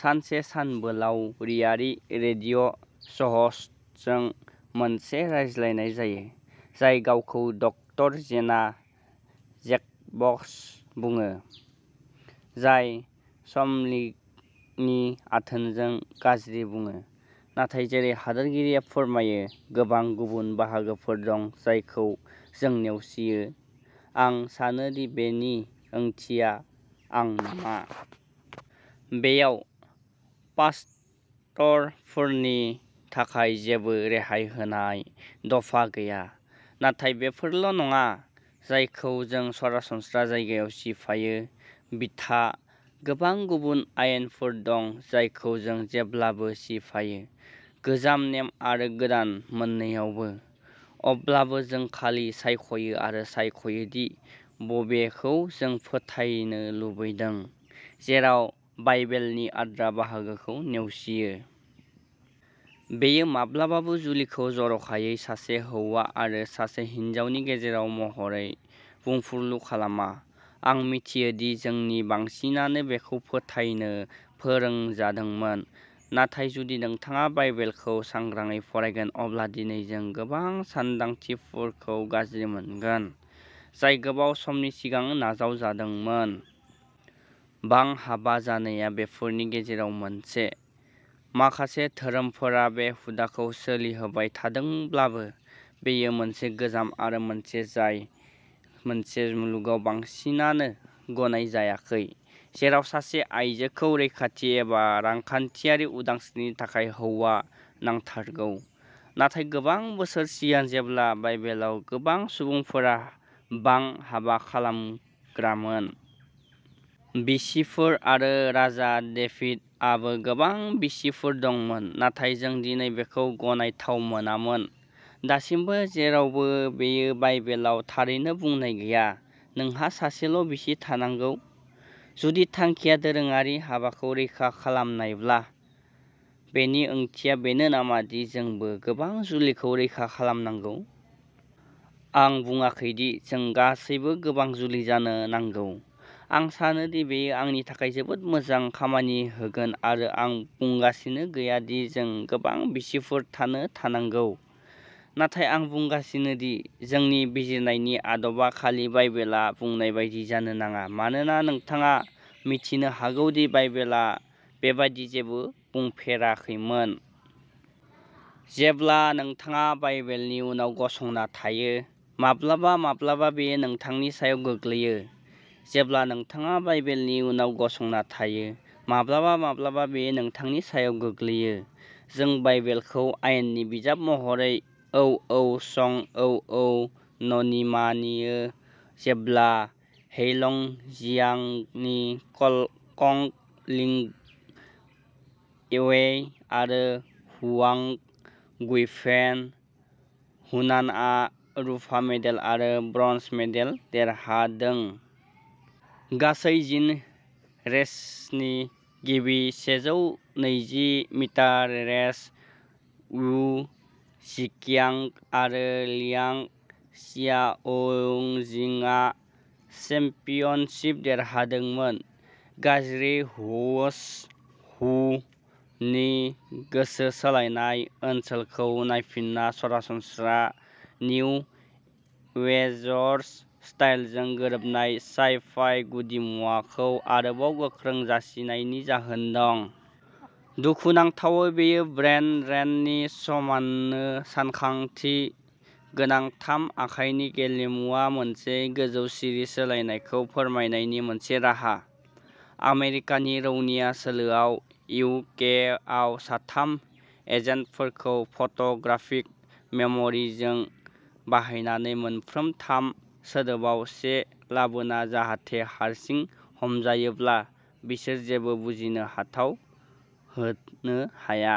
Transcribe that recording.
सासे सानबोलावरियारि रेडिअ' श'ह'स्टजों मोनसे रायज्लायनाय जायो, जाय गावखौ डक्टर जेना जेकब्स बुङो, जाय समलिङ्गी आथोनखौ गाज्रि बुङो। नाथाय जेरै हादोरगिरिया फोरमायो, गोबां गुबुन बाहागोफोर दं जायखौ जों नेवसियो। आं सानो दि बेनि ओंथिया आं नामा। बेयाव पास्टरफोरनि थाखाय जेबो रेहाय होनाय दफा गैया। नाथाय बेफोरल' नङा जायखौ जों सरासनस्रा जायगायाव सिफायो। बिथा। गोबां गुबुन आयेनफोर दं जायखौ जों जेब्लाबो सिफायो गोजाम नेम आरो गोदान मोन्नैआवबो। अब्लाबो जों खालि सायख'यो आरो सायख'यो दि बबेखौ जों फोथायनो लुबैदों, जेराव बाइबेलनि आद्रा बाहागोखौ नेवसियो। बेयो माब्लाबाबो जुलिखौ जर'खायै सासे हौवा आरो सासे हिनजावनि गेजेराव महरै बुंफुरलु खालामा। आं मिथियो दि जोंनि बांसिनानो बेखौ फोथायनो फोरोंजादोंमोन, नाथाय जुदि नोंथाङा बाइबेलखौ सांग्राङै फरायगोन अब्ला दिनै जों गोबां सानदांथिफोरखौ गाज्रि मोनगोन, जाय गोबाव समनि सिगां नाजावजादोंमोन। बां-हाबा जानाया बेफोरनि गेजेराव मोनसे। माखासे धोरोमफोरा बे हुदाखौ सोलिहोबाय थादोंब्लाबो बेयो मोनसे गोजाम आरो मोनसे जाय मोनसे मुलुगाव बांसिनानो गनायजायाखै जेराव सासे आइजोखौ रैखाथि एबा रांखान्थियारि उदांस्रिनि थाखाय हौवा नांथारगौ। नाथाय गोबां बोसोर सिगां जेब्ला बाइबेलाव गोबां सुबुंफोरा बां-हाबा खालामग्रामोन। बिसिफोर आरो राजा डेभिड आबो गोबां बिसिफोर दंमोन। नाथाय जों दिनै बेखौ गनायथाव मोनामोन। दासिमबो जेरावबो बेयो बाइबेलाव थारैनो बुंनाय गैया नोंहा सासेल' बिसि थानांगौ। जुदि थांखिया दोरोङारि हाबाखौ रैखा खालामनायब्ला बेनि ओंथिया बेनो नामा दि जोंबो गोबां जुलिखौ रैखा खालामनांगौ? आं बुंङाखै दि जों गासैबो गोबां जुलि जानो नांगौ। आं सानो दि बेयो आंनि थाखाय जोबोद मोजां खामानि होगोन आरो आं बुंगासिनो गैया दि जों गोबां बिसिफोर थानो थांनांगौ। नाथाय आं बुंगासिनो दि जोंनि बिजिरनायनि आदबा खालि बाइबेलआ बुंनाय बायदि जानो नाङा मानोना नोंथाङा मिथिनो हागौ दि बाइबेलआ बेबादि जेबो बुंफेराखैमोन। जेब्ला नोंथाङा बाइबेलनि उनाव गसंना थायो, माब्लाबा माब्लाबा बेयो नोंथांनि सायाव गोग्लैयो। जेब्ला नोंथाङा बाइबेलनि उनाव गसंना थायो, माब्लाबा माब्लाबा बेयो नोंथांनि सायाव गोग्लैयो। जों बाइबेलखौ आयेननि बिजाब महरै औऔ शं औऔ ननिमानियो जेब्ला हेइलंजियांगनि कंग लिंग वेई आरो हुआंग गुइफेन, हुनानआ रुफा मेडेल आरो ब्रन्ज मेडेल देरहादों। गासै जिन रेसनि गिबि सेजौ नैजि मिटार रेस, वु झिकियांग आरो लियांग शियाओजिंगआ चेम्पियनशिप देरहादोंमोन। गाज्रि हु'ज हु?? नि गोसो सोलायनाय ओनसोलखौ नायफिनना सरासनस्रा निउ एवेंजर्स स्टाइलजों गोरोबनाय साइ-फाइ गुदिमुवाखौ आरोबाव गोख्रों जासिनायनि जाहोन दं। दुखुनांथावै बेयो ब्रेन ड्रेननि समाननो सानथांखि गोनां थाम आखाइनि गेलेमुआ मोनसे गोजौ सिरि सोलायनायखौ फोरमायनायनि मोनसे राहा। आमेरिकानि रौनिया सोलोआव इउ के आव साथाम एजेन्टफोरखौ फट'ग्राफिक मेम'रिजों बाहायनानै मोनफ्रोम थाम सोदोबआव से लाबोना जाहाथे हारसिं हमजायोब्ला बिसोर जेबो बुजिनो हाथाव होनो हाया।